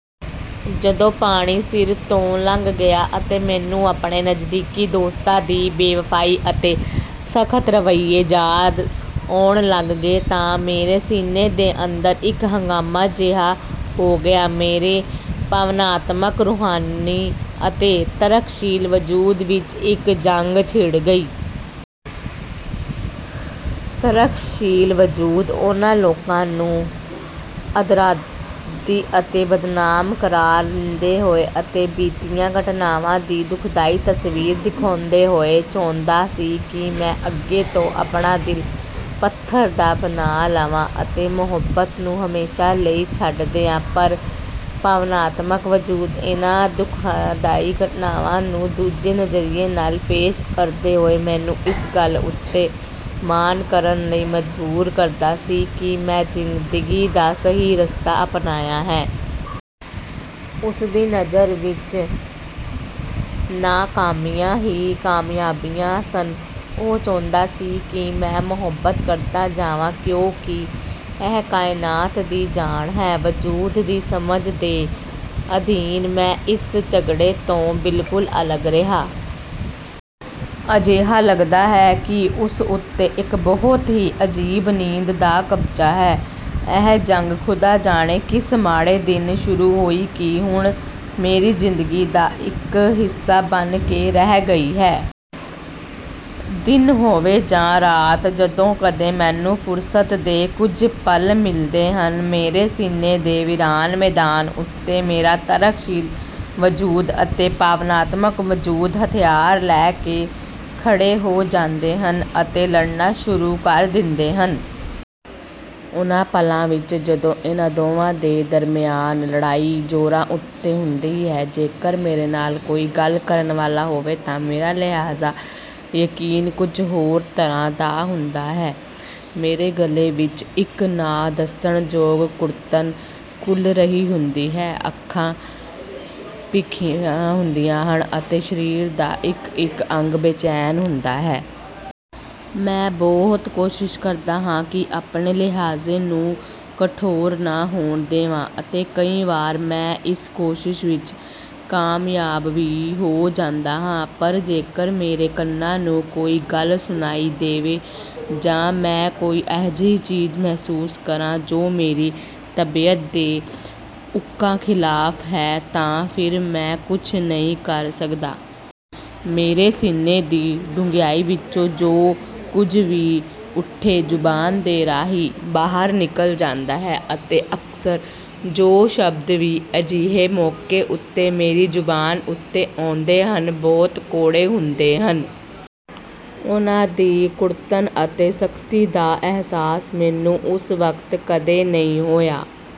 ਜਦੋਂ ਪਾਣੀ ਸਿਰ ਤੋਂ ਲੰਘ ਗਿਆ ਅਤੇ ਮੈਨੂੰ ਆਪਣੇ ਨਜ਼ਦੀਕੀ ਦੋਸਤਾਂ ਦੀ ਬੇਵਫ਼ਾਈ ਅਤੇ ਸਖ਼ਤ ਰਵੱਈਏ ਯਾਦ ਆਉਣ ਲੱਗੇ ਤਾਂ ਮੇਰੇ ਸੀਨੇ ਦੇ ਅੰਦਰ ਇੱਕ ਹੰਗਾਮਾ ਜਿਹਾ ਹੋ ਗਿਆ। ਮੇਰੇ ਭਾਵਨਾਤਮਕ, ਰੂਹਾਨੀ ਅਤੇ ਤਰਕਸ਼ੀਲ ਵਜੂਦ ਵਿੱਚ ਇੱਕ ਜੰਗ ਛਿੜ ਗਈ। ਤਰਕਸ਼ੀਲ ਵਜੂਦ ਉਨ੍ਹਾਂ ਲੋਕਾਂ ਨੂੰ ਅਪਰਾਧੀ ਅਤੇ ਬਦਨਾਮ ਕਰਾਰ ਦਿੰਦੇ ਹੋਏ ਅਤੇ ਬੀਤੀਆਂ ਘਟਨਾਵਾਂ ਦੀ ਦੁਖਦਾਈ ਤਸਵੀਰ ਦਿਖਾਉਂਦੇ ਹੋਏ ਇਹ ਚਾਹੁੰਦਾ ਸੀ ਕਿ ਮੈਂ ਅੱਗੇ ਤੋਂ ਆਪਣਾ ਦਿਲ ਪੱਥਰ ਦਾ ਬਣਾ ਲਵਾਂ ਅਤੇ ਮੁਹੱਬਤ ਨੂੰ ਹਮੇਸ਼ਾ ਲਈ ਛੱਡ ਦਿਆਂ, ਪਰ ਭਾਵਨਾਤਮਕ ਵਜੂਦ ਇਨ੍ਹਾਂ ਦੁਖਦਾਈ ਘਟਨਾਵਾਂ ਨੂੰ ਦੂਜੇ ਨਜ਼ਰੀਏ ਨਾਲ ਪੇਸ਼ ਕਰਦੇ ਹੋਏ ਮੈਨੂੰ ਇਸ ਗੱਲ ਉੱਤੇ ਮਾਣ ਕਰਨ ਲਈ ਮਜਬੂਰ ਕਰਦਾ ਸੀ ਕਿ ਮੈਂ ਜ਼ਿੰਦਗੀ ਦਾ ਸਹੀ ਰਸਤਾ ਅਪਣਾਇਆ ਹੈ। ਉਸਦੀ ਨਜ਼ਰ ਵਿੱਚ ਨਾਕਾਮੀਆਂ ਹੀ ਕਾਮਯਾਬੀਆਂ ਸਨ। ਉਹ ਚਾਹੁੰਦਾ ਸੀ ਕਿ ਮੈਂ ਮੁਹੱਬਤ ਕਰਦਾ ਜਾਵਾਂ ਕਿਉਂਕਿ ਇਹੀ ਕਾਇਨਾਤ ਦੀ ਜਾਨ ਹੈ। ਵਜੂਦ ਦੀ ਸਮਝ ਦੇ ਅਧੀਨ ਮੈਂ ਇਸ ਝਗੜੇ ਤੋਂ ਬਿਲਕੁਲ ਅਲੱਗ ਰਿਹਾ। ਅਜਿਹਾ ਲੱਗਦਾ ਹੈ ਕਿ ਉਸ ਉੱਤੇ ਇੱਕ ਬਹੁਤ ਹੀ ਅਜੀਬ ਨੀਂਦ ਦਾ ਕਬਜ਼ਾ ਹੈ। ਇਹ ਜੰਗ ਖ਼ੁਦਾ ਜਾਣੇ ਕਿਸ ਮਾੜੇ ਦਿਨ ਸ਼ੁਰੂ ਹੋਈ ਕਿ ਹੁਣ ਮੇਰੀ ਜ਼ਿੰਦਗੀ ਦਾ ਇੱਕ ਹਿੱਸਾ ਬਣ ਕੇ ਰਹਿ ਗਈ ਹੈ। ਦਿਨ ਹੋਵੇ ਜਾਂ ਰਾਤ, ਜਦੋਂ ਕਦੇ ਮੈਨੂੰ ਫੁਰਸਤ ਦੇ ਕੁਝ ਪਲ ਮਿਲਦੇ ਹਨ, ਮੇਰੇ ਸੀਨੇ ਦੇ ਵੀਰਾਨ ਮੈਦਾਨ ਉੱਤੇ ਮੇਰਾ ਤਰਕਸ਼ੀਲ ਵਜੂਦ ਅਤੇ ਭਾਵਨਾਤਮਕ ਵਜੂਦ ਹਥਿਆਰ ਲੈ ਕੇ ਖੜ੍ਹੇ ਹੋ ਜਾਂਦੇ ਹਨ ਅਤੇ ਲੜਨਾ ਸ਼ੁਰੂ ਕਰ ਦਿੰਦੇ ਹਨ। ਉਨ੍ਹਾਂ ਪਲਾਂ ਵਿੱਚ ਜਦੋਂ ਇਨ੍ਹਾਂ ਦੋਵਾਂ ਦੇ ਦਰਮਿਆਨ ਲੜਾਈ ਜ਼ੋਰਾਂ ਉੱਤੇ ਹੁੰਦੀ ਹੈ, ਜੇਕਰ ਮੇਰੇ ਨਾਲ਼ ਕੋਈ ਗੱਲ ਕਰਨ ਵਾਲਾ ਹੋਵੇ ਤਾਂ ਮੇਰਾ ਲਹਿਜ਼ਾ ਯਕੀਨ ਕੁਝ ਹੋਰ ਤਰ੍ਹਾਂ ਦਾ ਹੁੰਦਾ ਹੈ। ਮੇਰੇ ਗਲੇ ਵਿੱਚ ਇੱਕ ਨਾ ਦੱਸਣ ਯੋਗ ਕੁੜੱਤਣ ਘੁਲ ਰਹੀ ਹੁੰਦੀ ਹੈ, ਅੱਖਾਂ ਭਖੀਆਂ ਹੁੰਦੀਆਂ ਹਨ ਅਤੇ ਸ਼ਰੀਰ ਦਾ ਇੱਕ-ਇੱਕ ਅੰਗ ਬੇਚੈਨ ਹੁੰਦਾ ਹੈ। ਮੈਂ ਬਹੁਤ ਕੋਸ਼ਿਸ਼ ਕਰਦਾ ਹਾਂ ਕਿ ਆਪਣੇ ਲਹਿਜ਼ੇ ਨੂੰ ਕਠੋਰ ਨਾ ਹੋਣ ਦੇਵਾਂ ਅਤੇ ਕਈ ਵਾਰ ਮੈਂ ਇਸ ਕੋਸ਼ਿਸ਼ ਵਿੱਚ ਕਾਮਯਾਬ ਵੀ ਹੋ ਜਾਂਦਾ ਹਾਂ, ਪਰ ਜੇਕਰ ਮੇਰੇ ਕੰਨਾਂ ਨੂੰ ਕੋਈ ਗੱਲ ਸੁਣਾਈ ਦੇਵੇ ਜਾਂ ਮੈਂ ਕੋਈ ਅਜਿਹੀ ਚੀਜ਼ ਮਹਿਸੂਸ ਕਰਾਂ ਜੋ ਮੇਰੀ ਤਬੀਅਤ ਦੇ ਉੱਕਾ ਖਿਲਾਫ਼ ਹੈ ਤਾਂ ਫਿਰ ਮੈਂ ਕੁਝ ਨਹੀਂ ਕਰ ਸਕਦਾ। ਮੇਰੇ ਸੀਨੇ ਦੀ ਡੂੰਘਾਈ ਵਿੱਚੋਂ ਜੋ ਕੁਝ ਵੀ ਉੱਠੇ, ਜ਼ੁਬਾਨ ਦੇ ਰਾਹੀਂ ਬਾਹਰ ਨਿਕਲ ਜਾਂਦਾ ਹੈ ਅਤੇ ਅਕਸਰ ਜੋ ਸ਼ਬਦ ਵੀ ਅਜਿਹੇ ਮੌਕੇ ਉੱਤੇ ਮੇਰੀ ਜ਼ੁਬਾਨ ਉੱਤੇ ਆਉਂਦੇ ਹਨ, ਬਹੁਤ ਕੌੜੇ ਹੁੰਦੇ ਹਨ। ਉਨ੍ਹਾਂ ਦੀ ਕੁੜੱਤਣ ਅਤੇ ਸਖ਼ਤੀ ਦਾ ਅਹਿਸਾਸ ਮੈਨੂੰ ਉਸ ਵਕਤ ਕਦੇ ਨਹੀਂ ਹੋਇਆ।